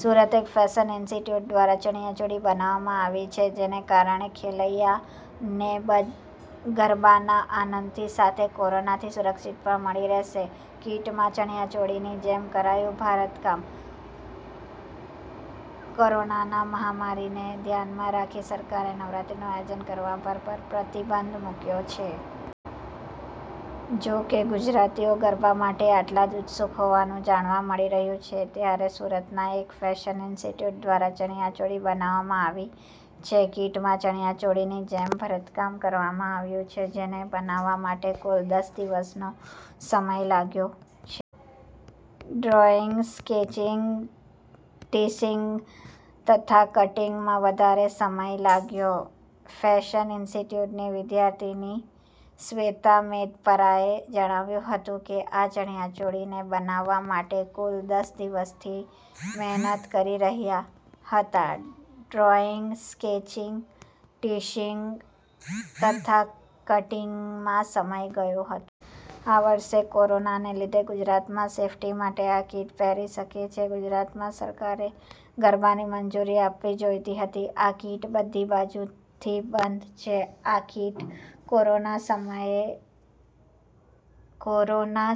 સુરતના એક fashion institute દ્વારા ચણીયા ચોળી બનાવવામાં આવી છે. જેને કારણે ખેલૈયાઓને ગરબાનાં આનંદની સાથે કોરોનાથી સુરક્ષા પણ મળી રહેશે. કીટમાં ચણીયા ચોળીની જેમ કરાયું ભરતકામ: કોરોના મહામારીને ધ્યાનમાં રાખી સરકારે નવરાત્રિનું આયોજન કરવાં પર પ્રતિબંધ મૂકયો છે. જો કે, ગુજરાતીઓ ગરબા માટે એટલા જ ઉત્સુક હોવાનું જાણવા મળી રહ્યું છે ત્યારે સુરતનાં એક ફેશન ઈન્સ્ટિટ્યૂટ દ્વારા ચણીયા ચોળી બનાવવામાં આવી છે. કીટમાં ચણીયા ચોળીની જેમ ભરતકામ કરવામાં આવ્યું છે. જેને બનાવવા માટે કુલ દસ દિવસનો સમય લાગ્યો છે. ડ્રોઈંગ, સ્કેચિંગ, ટિશિંગ તથા કટીંગમાં વધારે સમય લાગ્યો: ફેશન ઈન્સ્ટિટ્યૂટની વિદ્યાર્થિની શ્વેતા મેંદપરાએ જણાવતાં કહ્યું હતું કે, આ ચણીયા ચોળીને બનાવવાં માટે કુલ દસ દિવસથી મહેનત કરી રહ્યા હતા. ડ્રોઈંગ, સ્કેચિંગ, ટિશિંગ તથા કટીંગમાં સમય ગયો હતો. આ વર્ષે કોરોનાને લીધે ગુજરાતમાં સેફ્ટી માટે આ કીટ પહેરી શકે છે. ગુજરાતમાં સરકારે ગરબાની મંજુરી આપવી જોઈતી હતી. આ કીટ બધી બાજુથી બંધ છે. આ કીટ કોરોનાની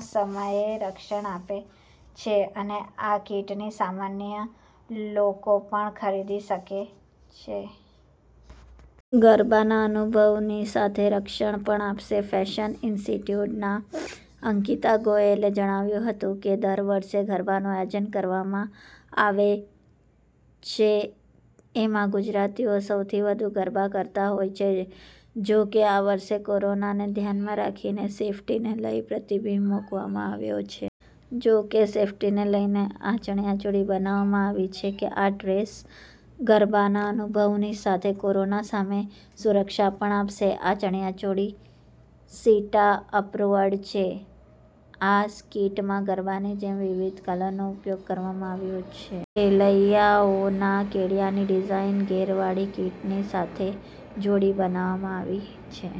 સામે રક્ષણ આપે છે. આ કીટની સામાન્ય લોકો પણ ખરીદી શકે છે. ગરબાનાં અનુભવની સાથે રક્ષણ પણ આપશે: ફેશન ઈન્સ્ટિટ્યૂટનાં અંકિતા ગોયલે જણાવતાં કહ્યું હતું કે, દર વર્ષે ગરબાનું આયોજન કરવામાં આવે છે. એમાં ગુજરાતીઓ સૌથી વધુ ગરબા કરતા હોય છે. જો કે, આ વર્ષે કોરોનાને ધ્યાનમાં રાખીને સેફ્ટીને લઈ પ્રતિબિંબ મૂકવામાં આવ્યો છે. જો કે, સેફ્ટીને લઈને આ ચણીયા ચોળી બનાવવામાં આવી છે. આ ડ્રેસ ગરબાનાં અનુભવની સાથે કોરોના સામે સુરક્ષા પણ આપશે. આ ચણીયા ચોળી સીટા અપ્રુવ્ડ છે. આ કીટમાં ગરબાની જેમ વિવિધ કલરનો ઉપયોગ કરવામાં આવ્યો છે. ખેલૈયાઓના કેડિયાની ડિઝાઈન, ઘેરવાળી કીટની સાથે જોડી બનાવવામાં આવી છે.